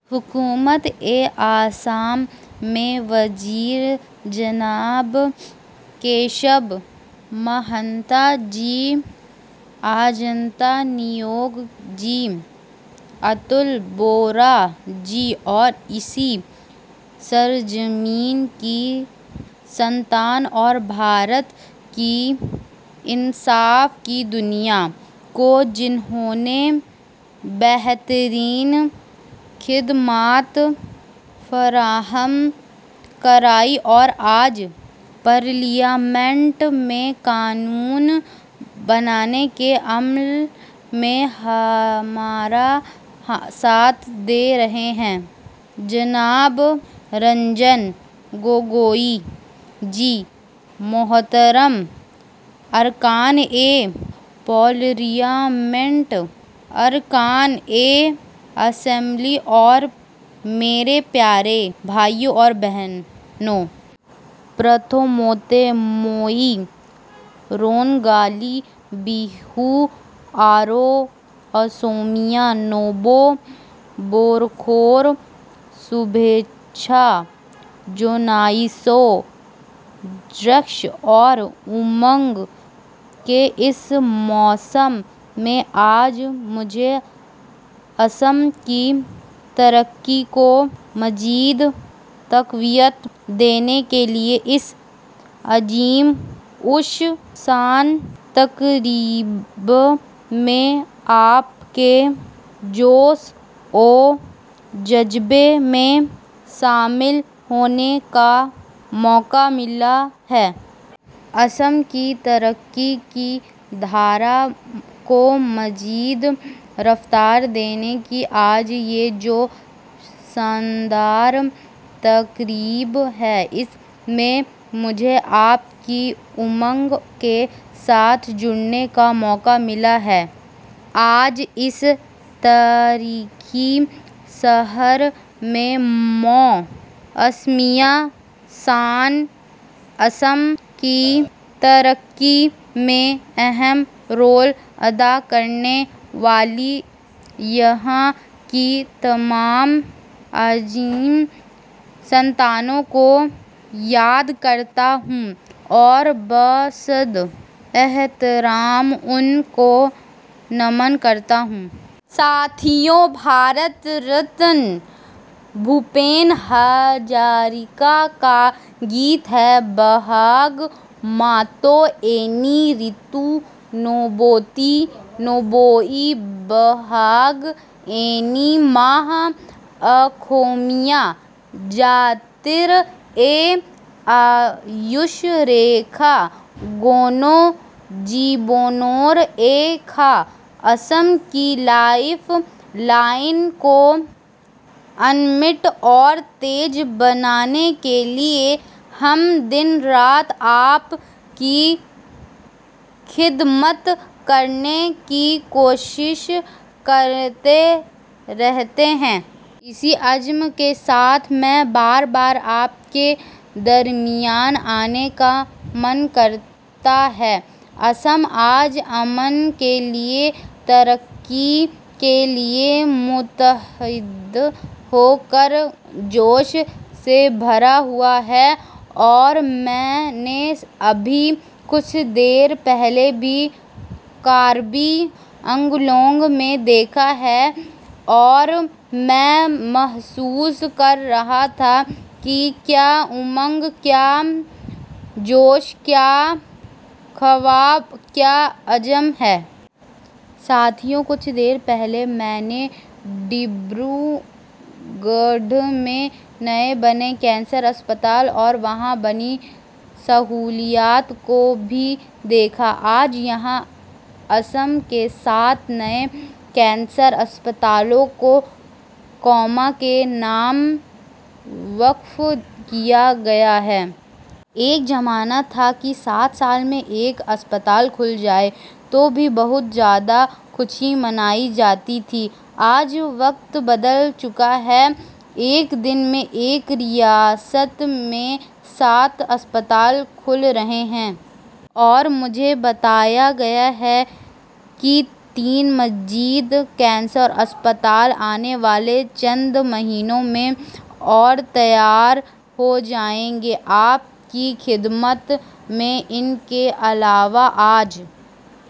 حکومتِ آسام میں وزیر جناب کیشب مہانتا جی، اجنتا نیوگ جی، اتل بورا جی اور اسی سرزمین کی سنتان اور بھارت کی انصاف کی دنیا کو، جنہوں نے بہترین خدمات فراہم کرائیں اور آج پارلیمنٹ میں قانون بنانے کے عمل میں ہمارا ساتھ دے رہے ہیں، جناب رنجن گوگوئی جی، محترم ارکانِ پارلیمنٹ، ارکانِ اسمبلی اور میرے پیارے بھائیو اور بہنو! پرتھوموتے موئی رونگالی بیہو، آرو آسومیا نوبو بورخور شوبھےچھا جونائیسو! جشن اور امنگ کے اس موسم میں آج مجھے آسام کی ترقی کو مزید تقویت دینے کے لیے اس عظیم الشان تقریب میں آپ کے جوش و جذبے میں شامل ہونے کا موقع ملا ہے۔ آسام کی ترقی کی دھارا کو مزید رفتار دینے کی آج یہ جو شاندار تقریب ہے، اس میں مجھے آپ کی امنگ کے ساتھ جڑنے کا موقع ملا ہے۔ آج اس تاریخی شہر سے میں اسمیا شان، آسام کی ترقی میں اہم رول ادا کرنے والی یہاں کی تمام عظیم سنتانوں کو یاد کرتا ہوں اور بصد احترام ان کو نمن کرتا ہوں۔ ساتھیو، بھارت رتن بھوپین ہزاریکا کا گیت ہے- بہاغ ماثو ایٹی ریتو نوہوئی، نوہوئی بہاغ ایٹی ماہ، آکھومیا جاتیر ای آیوش ریکھا، گونو جیونور ای کھاہ! آسام کی لائف لائن کو انمٹ اور تیز بنانے کے لیے، ہم دن رات آپ کی خدمت کرنے کی کوشش کرتے رہتے ہیں۔ اسی عزم کے ساتھ میں بار بار آپ کے درمیان آنے کا من کرتا ہے۔ آسام آج امن کے لیے، ترقی کے لیے متحد ہو کر جوش سے بھرا ہوا ہے، اور میں نے ابھی کچھ دیر پہلے ہی کاربی آنگلانگ میں دیکھا ہے اور میں محسوس کر رہا تھا کہ کیا امنگ، کیا جوش، کیا خواب، کیا عزم ہے۔ ساتھیو، کچھ دیر پہلے میں نے ڈبرو گڑھ میں نئے بنے کینسر اسپتال اور وہاں بنی سہولیات کو بھی دیکھا۔ آج یہاں آسام کے سات نئے کینسر اسپتالوں کو قوم کے نام وقف کیا گیا ہے۔ ایک زمانہ تھا کہ سات سال میں ایک اسپتال کھل جائے تو بھی بہت زیادہ خوشی منائی جاتی تھی۔ آج وقت بدل چکا ہے، ایک دن میں ایک ریاست میں سات اسپتال کھل رہے ہیں۔ اور مجھے بتایا گیا ہے کہ تین مزید کینسر اسپتال آنے والے چند مہینوں میں اور تیار ہو جائیں گے آپ کی خدمت میں۔ ان کے علاوہ آج...